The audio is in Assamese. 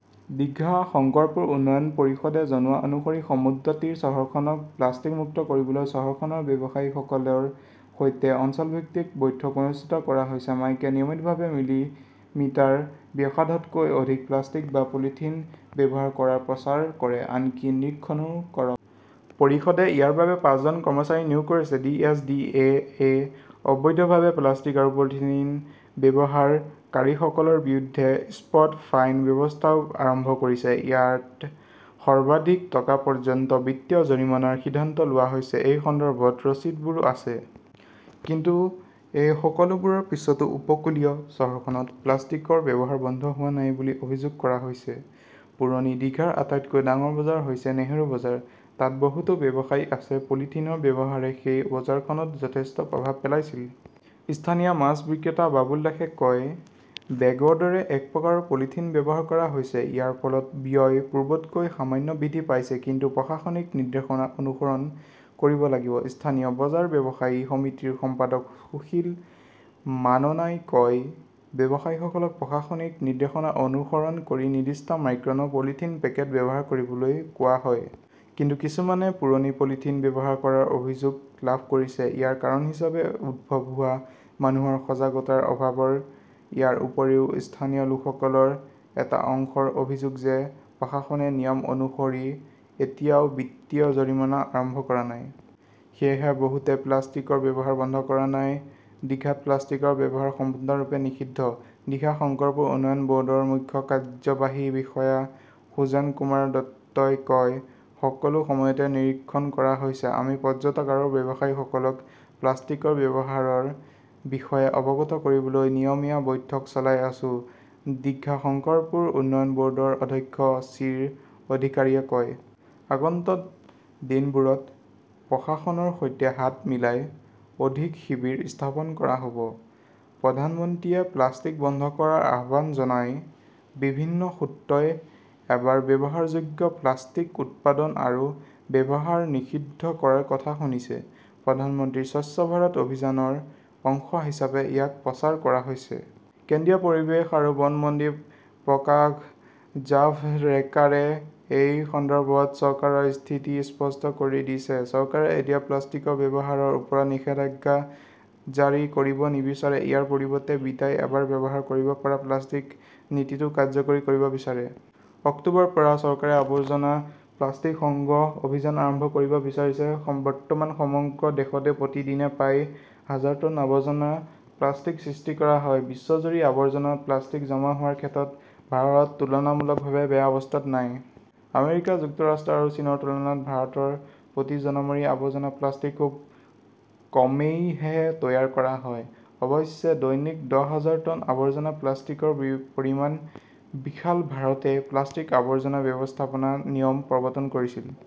দীঘা-শংকৰপুৰ উন্নয়ন পৰিষদে জনোৱা অনুসৰি সমুদ্ৰতীৰ চহৰখনক প্লাষ্টিক মুক্ত কৰিবলৈ চহৰখনৰ ব্যৱসায়ীসকলৰ সৈতে অঞ্চলভিত্তিক বৈঠক অনুষ্ঠিত কৰা হৈছে। মাইকে নিয়মিতভাৱে মিলিমিটাৰ ব্যাসাৰ্ধতকৈ অধিক প্লাষ্টিক বা পলিথিন ব্যৱহাৰ কৰাৰ প্ৰচাৰ কৰে। আনকি নিৰীক্ষণও কৰক। পৰিষদে ইয়াৰ বাবে পাঁচজন কৰ্মচাৰী নিয়োগ কৰিছে। ডি. এছ. ডি. এ. য়ে অবৈধভাৱে প্লাষ্টিক আৰু পলিথিন ব্যৱহাৰকাৰীসকলৰ বিৰুদ্ধে 'স্পট ফাইন "ব্যৱস্থাও আৰম্ভ কৰিছে। ইয়াত সৰ্বাধিক টকা পৰ্যন্ত বিত্তীয় জৰিমনাৰ সিদ্ধান্ত লোৱা হৈছে। সেই সন্দৰ্ভত ৰচিদবোৰো আছে। কিন্তু এই সকলোবোৰৰ পিছতো উপকূলীয় চহৰখনত প্লাষ্টিকৰ ব্যৱহাৰ বন্ধ হোৱা নাই বুলি অভিযোগ কৰা হৈছে। পুৰণি দিঘাৰ আটাইতকৈ ডাঙৰ বজাৰ হৈছে নেহৰু বজাৰ। তাত বহুতো ব্যৱসায়ী আছে। পলিথিনৰ ব্যৱহাৰে সেই বজাৰখনত যথেষ্ট প্ৰভাৱ পেলাইছিল। স্থানীয় মাছ বিক্ৰেতা বাবলু দাসে কয়, বেগৰ দৰে এক প্ৰকাৰৰ পলিথিন ব্যৱহাৰ কৰা হৈছে। ইয়াৰ ফলত ব্যয় পূৰ্বতকৈ সামান্য বৃদ্ধি পাইছে। কিন্তু প্ৰশাসনিক নিৰ্দেশনা অনুসৰণ কৰিব লাগিব। স্থানীয় বজাৰ ব্যৱসায়ী সমিতিৰ সম্পাদক সুশীল মাননাই কয়, ব্যৱসায়ীসকলক প্ৰশাসনিক নিৰ্দেশনা অনুসৰণ কৰি নিৰ্দিষ্ট মাইক্ৰনৰ পলিথিন পেকেট ব্যৱহাৰ কৰিবলৈ কোৱা হয়। কিন্তু কিছুমানে পুৰণি পলিথিন ব্যৱহাৰ কৰাৰ অভিযোগ লাভ কৰিছে। ইয়াৰ কাৰণ হিচাপে উদ্ভৱ হোৱা মানুহৰ সজাগতাৰ অভাৱৰ । ইয়াৰ উপৰিও, স্থানীয় লোকসকলৰ এটা অংশৰ অভিযোগ যে প্ৰশাসনে নিয়ম অনুসৰি এতিয়াও বিত্তীয় জৰিমনা আৰম্ভ কৰা নাই। সেয়েহে বহুতে প্লাষ্টিকৰ ব্যৱহাৰ বন্ধ কৰা নাই। দীঘাত প্লাষ্টিকৰ ব্যৱহাৰ সম্পূৰ্ণৰূপে নিষিদ্ধ, দীঘা-শংকৰপুৰ উন্নয়ন ব'ৰ্ডৰ মুখ্য কাৰ্যবাহী বিষয়া সুজানকুমাৰ দত্তই কয়। সকলো সময়তে নিৰীক্ষণ কৰা হৈছে, আমি পৰ্যটক আৰু ব্যৱসায়ীসকলক প্লাষ্টিকৰ ব্যৱহাৰৰ বিষয়ে অৱগত কৰিবলৈ নিয়মীয়া বৈঠক চলাই আছো, ডিঘা-শংকৰপুৰ উন্নয়ন ব'ৰ্ডৰ অধ্যক্ষ শ্বিৰ অধিকাৰীয়ে কয়। আগন্তুক দিনবোৰত প্ৰশাসনৰ সৈতে হাত মিলাই অধিক শিবিৰ স্থাপন কৰা হ 'ব। প্ৰধানমন্ত্ৰীয়ে প্লাষ্টিক বন্ধ কৰাৰ আহ্বান জনায় বিভিন্ন সূত্ৰই এবাৰ ব্যৱহাৰযোগ্য প্লাষ্টিক উৎপাদন আৰু ব্যৱহাৰ নিষিদ্ধ কৰাৰ কথা শুনিছে। প্ৰধানমন্ত্ৰীৰ স্বচ্ছ ভাৰত অভিযানৰ অংশ হিচাপে ইয়াক প্ৰচাৰ কৰা হৈছে। কেন্দ্ৰীয় পৰিৱেশ আৰু বন মন্ত্ৰী প্ৰকাশ জাভড়েকাৰে এই সন্দৰ্ভত চৰকাৰৰ স্থিতি স্পষ্ট কৰি দিছে। চৰকাৰে এতিয়া প্লাষ্টিকৰ ব্যৱহাৰৰ ওপৰত নিষেধাজ্ঞা জাৰি কৰিব নিবিচাৰে। ইয়াৰ পৰিৱৰ্তে, 'বিদায় এবাৰ ব্যৱহাৰ কৰিব পৰা প্লাষ্টিক 'নীতিটো কাৰ্যকৰী কৰিব বিচাৰে। অক্টোবৰৰ পৰা চৰকাৰে আৱৰ্জনা প্লাষ্টিক সংগ্ৰহ অভিযান আৰম্ভ কৰিব বিচাৰিছে। বৰ্তমান সমগ্ৰ দেশতে প্ৰতিদিনে প্ৰায় হাজাৰ টন আৱৰ্জনা প্লাষ্টিক সৃষ্টি কৰা হয়। বিশ্বজুৰি আৱৰ্জনা প্লাষ্টিক জমা হোৱাৰ ক্ষেত্ৰত ভাৰত তুলনামূলকভাৱে বেয়া অৱস্থাত নাই। আমেৰিকা যুক্তৰাষ্ট্ৰ আৰু চীনৰ তুলনাত ভাৰতৰ প্ৰতি জনমূৰি আৱৰ্জনা প্লাষ্টিক খুব কমেইহে তৈয়াৰ কৰা হয়। অৱশ্যে, দৈনিক দহ হাজাৰ টন আৱৰ্জনা প্লাষ্টিকৰ পৰিমাণ বিশাল। ভাৰতে প্লাষ্টিক আৱৰ্জনা ব্যৱস্থাপনা নিয়ম প্ৰৱৰ্তন কৰিছিল।